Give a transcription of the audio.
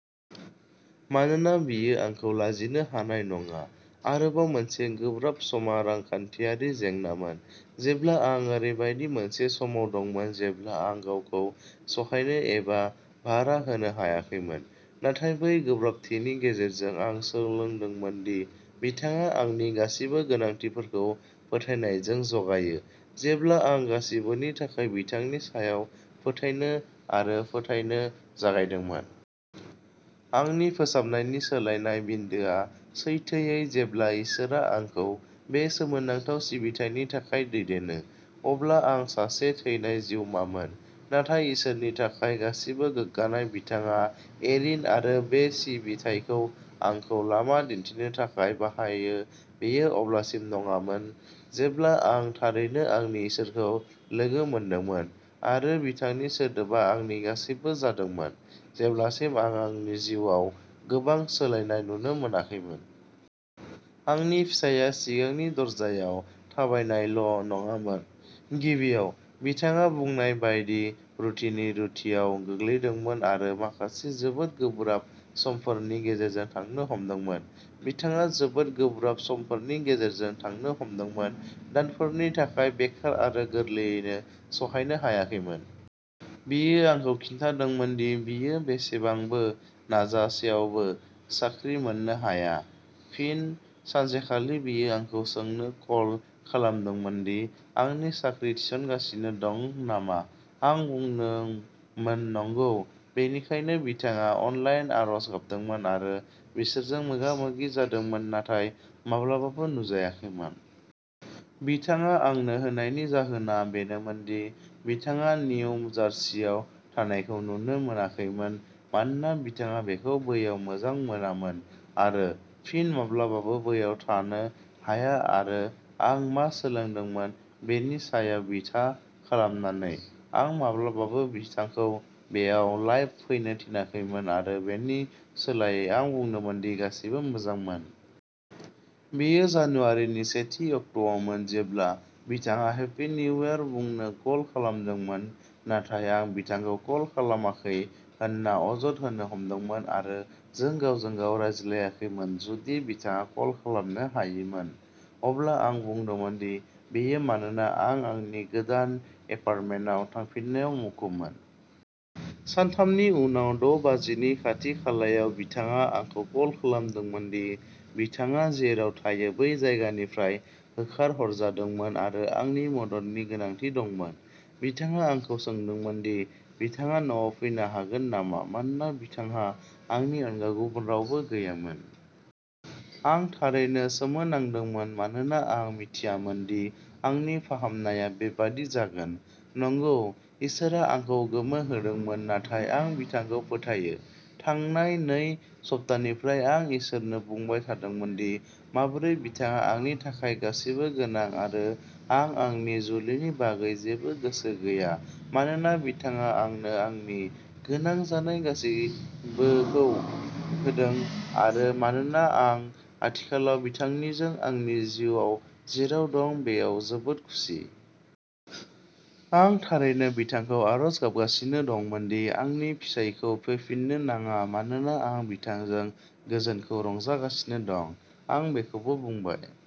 मानोना बियो आंखौ लाजिनो हानाय नङा। आरोबाव मोनसे गोब्राब समा रांखान्थियारि जेंनामोन, जेब्ला आं ओरैबायदि मोनसे समाव दंमोन जेब्ला आं गावखौ सहायनो एबा भारा होनो हायाखैमोन। नाथाय बै गोब्राबथिनि गेजेरजों आं सोलोंदोंमोन दि बिथाङा आंनि गासिबो गोनांथिफोरखौ फोथायनायजों जगायो, जेब्ला आं गासिबोनि थाखाय बिथांनि सायाव फोथायनो आरो फोथायनो जागायदोंमोन। आंनि फोसाबनायनि सोलायनाय बिन्दोआ सैथोयै जेब्ला इसोरआ आंखौ बे सोमोनांथाव सिबिथायनि थाखाय दैदेनो। अब्ला आं सासे थैनाय जिउमामोन, नाथाय इसोरनि थाखाय गासिबो गोग्गानाय बिथाङा एरिन आरो बे सिबिथायखौ आंखौ लामा दिन्थिनो थाखाय बाहायो बेयो अब्लासिम नङामोन जेब्ला आं थारैनो आंनि इसोरखौ लोगो मोनदोंमोन आरो बिथांनि सोदोबआ आंनि गासैबो जादोंमोन, जेब्लासिम आं आंनि जिउआव गोबां सोलायनाय नुनो मोनाखैमोन। आंनि फिसायआ सिगांनि दरजायाव थाबायनायल' नङामोन। गिबियाव, बिथाङा बुंनाय बायदि रुटिनि रुटिआव गोग्लैदोंमोन आरो माखासे जोबोद गोब्राब समफोरनि गेजेरजों थांनो हमदोंमोन। बिथाङा जोबोद गोब्राब समफोरनि गेजेरजों थांनो हमदोंमोन। दानफोरनि थाखाय बेकार आरो गोरलैयैनो सहायनो हायाखैमोन। बियो आंखौ खिन्थादोंमोन दि बियो बेसेबांबो नाजासेयावबो साख्रि मोननो हाया। फिन सानसेखालि बियो आंखौ सोंनो कल खालामदोंमोन दि आंनि साख्रि थिसनगासिनो दं नामा। आं बुंदोंमोन नंगौ, बेनिखायनो बिथाङा अनलाइन आरज गाबदोंमोन आरो बिसोरजों मोगा-मोगि जादोंमोन नाथाय माब्लाबाबो नुजायाखैमोन। बिथाङा आंनो होनायनि जाहोना बेनोमोन दि बिथाङा निउ जार्सीआव थानायखौ नुनो मोनाखैमोन मानोना बिथाङा बेखौ बैयाव मोजां मोनामोन आरो फिन माब्लाबाबो बैयाव थानो हाया आरो आं मा सोलोंदोंमोन बेनि सायाव बिथा खालामनानै, आं माब्लाबाबो बिथांखौ बेयाव लाइभ फैनो थिनाखैमोन आरो बेनि सोलायै आं बुंदोंमोन दि गासैबो मोजांमोन। बेयो जानुवारिनि सेथि अक्ट'आवमोन जेब्ला बिथाङा हेपि निउ इयार बुंनो कल खालामदोंमोन नाथाय आं बिथांखौ कल खालामाखै होनना अजद होनो हमदोंमोन आरो जों गावजों-गाव रायज्लायाखैमोन जुदि बिथाङा कल खालामनो हायैमोन। अब्ला आं बुंदोंमोन दि बेयो मानोना आं आंनि गोदान एपार्टमेन्टआव थांफिननायाव मुखुबमोन। सानथामनि उनाव द' बाजिनि खाथि-खालायाव बिथाङा आंखौ कल खालामदोंमोन दि बिथाङा जेराव थायो बै जायगानिफ्राय होखारहरजादोंमोन आरो आंनि मददनि गोनांथि दंमोन। बिथाङा आंखौ सोंदोंमोन दि बिथाङा न'आव फैनो हागोन नामा मानोना बिथांहा आंनि अनगा गुबुन रावबो गैयामोन। आं थारैनो सोमोनांदोंमोन मानोना आं मिथियामोन दि आंनि फाहामनाया बेबादि जागोन। नंगौ, इसोरआ आंखौ गोमोहोदोंमोन नाथाय आं बिथांखौ फोथायो। थांनाय नै सप्तानिफ्राय आं इसोरनो बुंबाय थादोंमोन दि माबोरै बिथाङा आंनि थाखाय गासिबो गोनां आरो आं आंनि जुलिनि बागै जेबो गोसो गैया मानोना बिथाङा आंनो आंनि गोनां जानाय गासैबोखौ होदों आरो मानोना आं आथिखालाव बिथांनिजों आंनि जिउआव जेराव दं बेयाव जोबोद खुसि। आं थारैनो बिथांखौ आरज गाबगासिनो दंमोन दि आंनि फिसायखौ फैफिननो नाङा मानोना आं बिथांजों गोजोनखौ रंजागासिनो दं। आं बेखौबो बुंबाय।